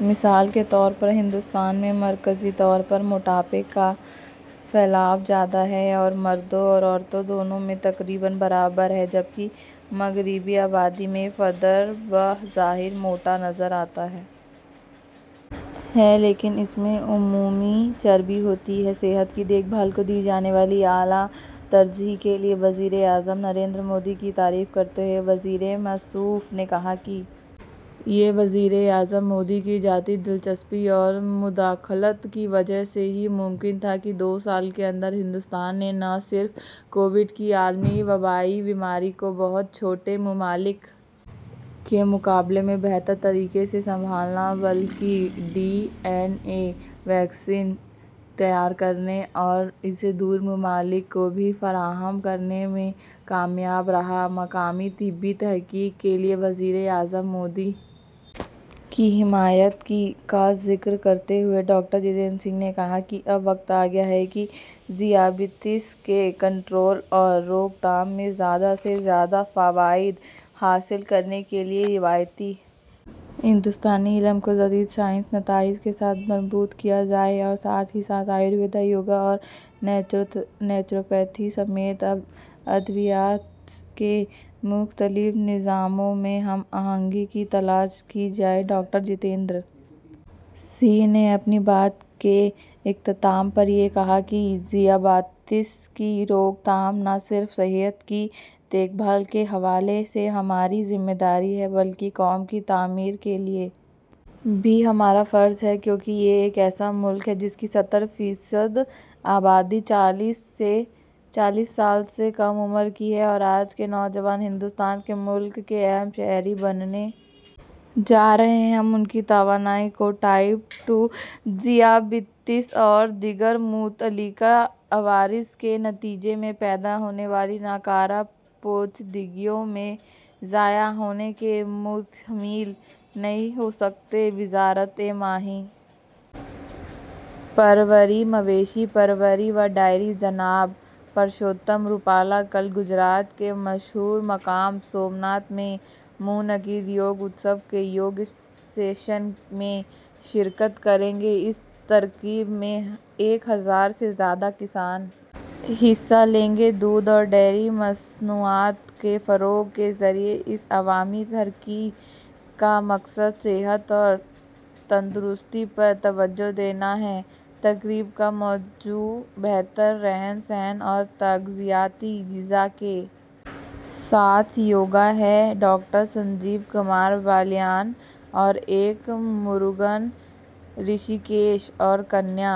مثال کے طور پر ہندوستان میں مرکزی طور پر موٹاپے کا پھیلاؤ زیادہ ہے اور مردوں اور عورتوں دونوں میں تقریباً برابر ہے جب کہ مغربی آبادی میں فرد بظاہر موٹا نظر آتا ہے لیکن اس میں عمومی چربی ہوتی ہے صحت کی دیکھ بھال کو دی جانے والی اعلی ترجیح کے لیے وزیر اعظم نریندر مودی کی تعریف کرتے ہوئے وزیر موصوف نے کہا کہ یہ وزیر اعظم مودی کی ذاتی دلچسپی اور مداخلت کی وجہ سے ہی ممکن تھا کہ دو سالوں کے اندر ہندوستان نے نہ صرف کووڈ کی عالمی وبائی بیماری کو بہت چھوٹے ممالک کے مقابلے میں بہتر طریقے سے سنبھالا بلکہ ڈی این اے ویکسین تیار کرنے اور اسے دوسرے ممالک کو بھی فراہم کرنے میں کامیاب رہا مقامی طبی تحقیق کے لیے وزیر اعظم مودی کی حمایت کا ذکر کرتے ہوئے ڈاکٹر جتیندر سنگھ نے کہا کہ اب وقت آگیا ہے کہ ذیابیطس کے کنٹرول اور روک تھام میں زیادہ سے زیادہ فوائد حاصل کرنے کے لیے روایتی ہندوستانی علم کو جدید سائنسی نتائج کے ساتھ مربوط کیا جائے اور ساتھ ہی ساتھ آیوروید یوگا اور نیچروپیتھی سمیت ادویات کے مختلف نظاموں میں ہم آہنگی کی تلاش کی جائے ڈاکٹر جتیندر سنگھ نے اپنی بات کے اختتام پر یہ کہا کہ ذیابیطس کی روک تھام نہ صرف صحت کی دیکھ بھال کے حوالے سے ہماری ذمہ داری ہے بلکہ قوم کی تعمیر کے لیے بھی ہمارا فرض ہے کیونکہ یہ ایک ایسا ملک ہے جس کی ستر فیصد آبادی چالیس سال سے کم عمر کی ہے اور آج کے نوجوان ہندوستان کے ملک کے اہم شہری بننے جا رہے ہیں ہم ان کی توانائی کو ٹائپ دو ذیابیطس اور دیگر متعلقہ عوارض کے نتیجے میں پیدا ہونے والی ناکارہ پیچیدگیوں میں ضائع ہونے کے متحمل نہیں ہو سکتے وزارت ماہی پروری مویشی پروری و ڈیری جناب پرشوتم روپالا کل گجرات کے مشہور مقام سومناتھ میں منعقد یوگ اتسو کے یوگا سیشن میں شرکت کریں گے اس تقریب میں ایک ہزار سے زیادہ کسان حصہ لیں گے دودھ اور ڈیری مصنوعات کے فروغ کے ذریعے اس عوامی تحریک کا مقصد صحت اور تندرستی پر توجہ دینا ہے تقریب کا موضوع بہتر رہن سہن اور تغذیاتی غذا کے ساتھ یوگا ہے ڈاکٹر سنجیو کمار بالیان اور ایل موروگن رشی کیش اور کنیا